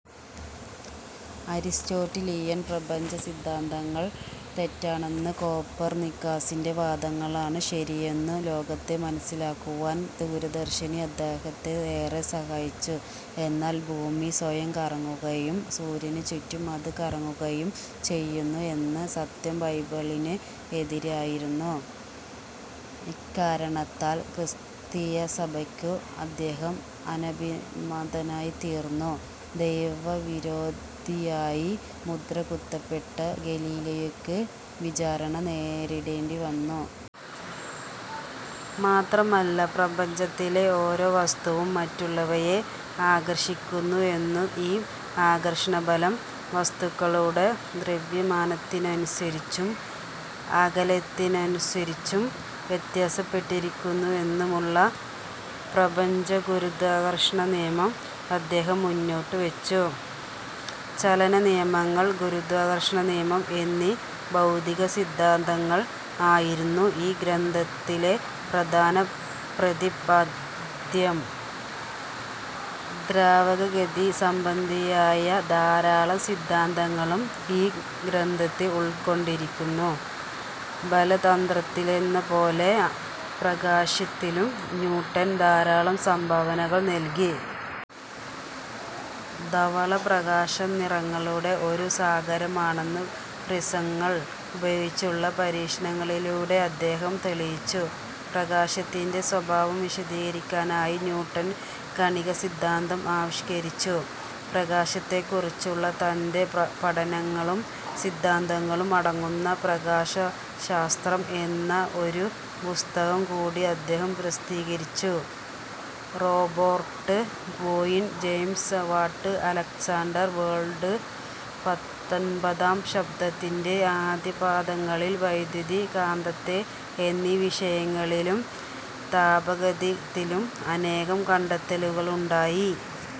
Aristotelian പ്രപഞ്ചസിദ്ധാന്തങ്ങൾ തെറ്റാണെന്നും കോപ്പർനിക്കസിന്റെ വാദങ്ങളാണ് ശരിയെന്നും ലോകത്തെ മനസ്സിലാക്കുവാൻ ദൂരദർശിനി അദ്ദേഹത്തെ ഏറെ സഹായിച്ചു. എന്നാൽ ഭൂമി സ്വയം കറങ്ങുകയും സൂര്യനുചുറ്റും അത് കറങ്ങുകയും ചെയ്യുന്നു എന്ന സത്യം ബൈബിളിന് എതിരായിരുന്നു. ഇക്കാരണത്താൽ ക്രിസ്തീയസഭയ്ക്ക് അദ്ദേഹം അനഭിമതനായിത്തീർന്നു. ദൈവവിരോധിയായി മുദ്രകുത്തപ്പെട്ട ഗലീലിയോയ്ക്ക് വിചാരണ നേരിടേണ്ടിവന്നു. മാത്രമല്ല, പ്രപഞ്ചത്തിലെ ഓരോവസ്തുവും മറ്റുള്ളവയെ ആകർഷിക്കുന്നുവെന്നും ഈ ആകർഷണബലം വസ്തുക്കളുടെ ദ്രവ്യമാനത്തിനനുസരിച്ചും അകലത്തിനനുസരിച്ചും വ്യത്യാസപ്പെട്ടിരിക്കുന്നുവെന്നുമുള്ള പ്രപഞ്ചഗുരുത്വാകർഷണനിയമം അദ്ദേഹം മുന്നോട്ടുവച്ചു. ചലനനിയമങ്ങൾ, ഗുരുത്വാകർഷണനിയമം എന്നീ ഭൗതികസിദ്ധാന്തങ്ങൾ ആയിരുന്നു ഈ ഗ്രന്ഥത്തിലെ പ്രധാന പ്രതിപാദ്യം. ദ്രവഗതികസംബന്ധിയായ ധാരാളം സിദ്ധാന്തങ്ങളും ഈ ഗ്രന്ഥത്തിൽ ഉൾക്കൊണ്ടിരുന്നു. ബലതന്ത്രത്തിലെന്നപോലെ പ്രകാശികത്തിലും ന്യൂട്ടൻ ധാരാളം സംഭാവനകൾ നൽകി. ധവളപ്രകാശം നിറങ്ങളുടെ ഒരു സങ്കരമാണെന്ന് പ്രിസങ്ങൾ ഉപയോഗിച്ചുള്ള പരീക്ഷണങ്ങളിലൂടെ അദ്ദേഹം തെളിയിച്ചു. പ്രകാശത്തിന്റെ സ്വഭാവം വിശദീകരിക്കാനായി ന്യൂട്ടൻ കണികാസിദ്ധാന്തം ആവിഷ്കരിച്ചു. പ്രകാശത്തെക്കുറിച്ചുള്ള തന്റെ പഠനങ്ങളും സിദ്ധാന്തങ്ങളും അടങ്ങുന്ന പ്രകാശശാസ്ത്രം എന്ന ഒരു പുസ്തകം കൂടി അദ്ദേഹം പ്രസിദ്ധീകരിച്ചു. Robert Boyle James Watt Alexander Volta പത്തൊൻപതാം ശതാബ്ദത്തിന്റെ ആദ്യപാദങ്ങളിൽ വൈദ്യുതി-കാന്തത എന്നീവിഷയങ്ങളിലും താപഗതികത്തിലും അനേകം കണ്ടെത്തലുകളുണ്ടായി.